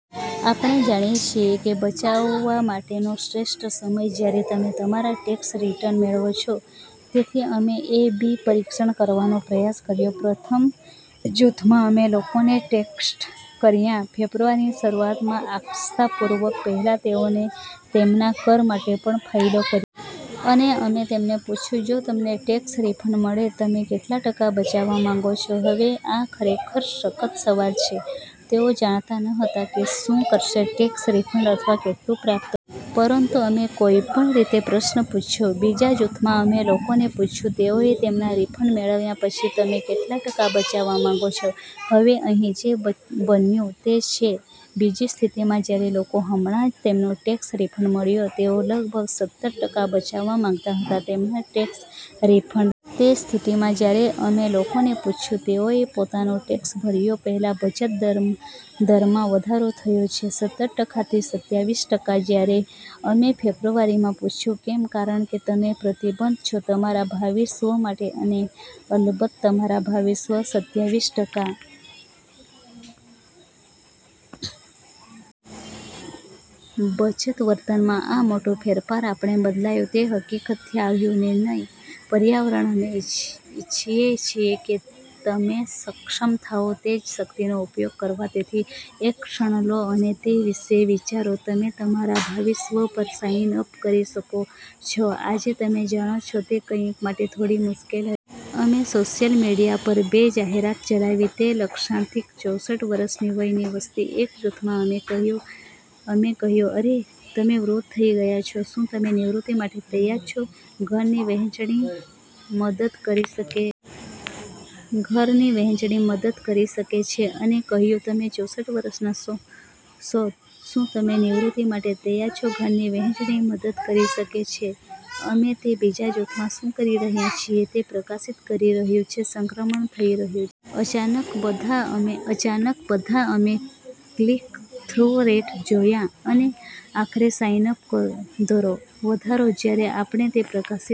આપણે જાણીએ છીએ કે બચાવવા માટેનો શ્રેષ્ઠ સમયજ્યારે તમે તમારો ટેક્સ રીટર્ન મેળવો છો. તેથી અમે એ બી પરીક્ષણ કરવાનો પ્રયાસ કર્યો. પ્રથમ જૂથમાં, અમે લોકોને ટેક્સ્ટ કર્યાં ફેબ્રુઆરીની શરૂઆતમાં, આસ્થાપૂર્વક પહેલાં તેઓએ તેમના કર માટે પણ ફાઇલ કરી હતી. અને અમે તેમને પૂછ્યું, "જો તમને ટેક્સ રિફંડ મળે, તમે કેટલો ટકા બચાવવા માંગો છો? " હવે આ ખરેખર સખત સવાલ છે. તેઓ જાણતા ન હતા કે શું કરશે ટેક્સ રિફંડ અથવા કેટલું પ્રાપ્ત કરો. પરંતુ અમે કોઈપણ રીતે પ્રશ્ન પૂછ્યો. બીજા જૂથમાં, અમે લોકોને પૂછ્યું તેઓએ તેમના રિફંડ મેળવ્યા પછી, "તમે કેટલો ટકા બચાવવા માંગો છો? " હવે, અહીં જે બન્યું તે છે. તે બીજી સ્થિતિમાં, જ્યારે લોકો હમણાં જ તેમનો ટેક્સ રિફંડ મળ્યો, તેઓ લગભગ સતર ટકા બચાવવા માંગતા હતા તેમના ટેક્સ રિફંડની. તે સ્થિતિમાં જ્યારે અમે લોકોને પૂછ્યું તેઓએ પોતાનો ટેક્સ ભર્યા પહેલા, બચત દરમાં વધારો થયો છે સતર ટકાથી સત્યાવીસ ટકા જ્યારે અમે ફેબ્રુઆરીમાં પૂછ્યું. કેમ? કારણ કે તમે પ્રતિબદ્ધ છો તમારા ભાવિ સ્વ માટે, અને અલબત્ત તમારા ભાવિ સ્વ સત્યાવીસ ટકા બચાવી શકે છે. બચત વર્તનમાં આ મોટા ફેરફારો આપણે બદલાયા તે હકીકતથી આવ્યું નિર્ણય પર્યાવરણ. અમે ઇચ્છીએ છીએ કે તમે સક્ષમ થાઓ તે જ શક્તિનો ઉપયોગ કરવા. તેથી એક ક્ષણ લો અને તે વિશે વિચારો તમે તમારા ભાવિ સ્વ પર સાઇન અપ કરી શકો છો આજે તમે જાણો છો તે કંઈક માટે થોડી મુશ્કેલ હશે. અમે સોશિયલ મીડિયા પર બે જાહેરાત ચલાવી તે જ લક્ષ્યાંકિત ચોસઠ વર્ષની વયની વસ્તી. એક જૂથમાં, અમે કહ્યું, "અરે, તમે વૃદ્ધ થઈ રહ્યા છો. શું તમે નિવૃત્તિ માટે તૈયાર છો? ઘરની વહેંચણી મદદ કરી શકે " ઘરની વહેંચણી મદદ કરી શકે છે. " અને કહ્યું, "તમે ચોસઠ વર્ષના છો. શું તમે નિવૃત્તિ માટે તૈયાર છો? ઘરની વહેંચણી મદદ કરી શકે છે. " અમે તે બીજા જૂથમાં શું કરી રહ્યા છીએ તે પ્રકાશિત કરી રહ્યું છે સંક્રમણ થઈ રહ્યું છે. અચાનક બધા અમે ક્લિક-થ્રુ રેટ જોયા, અને આખરે સાઇન અપ દરો, વધારો જ્યારે આપણે તે પ્રકાશિત કરીએ.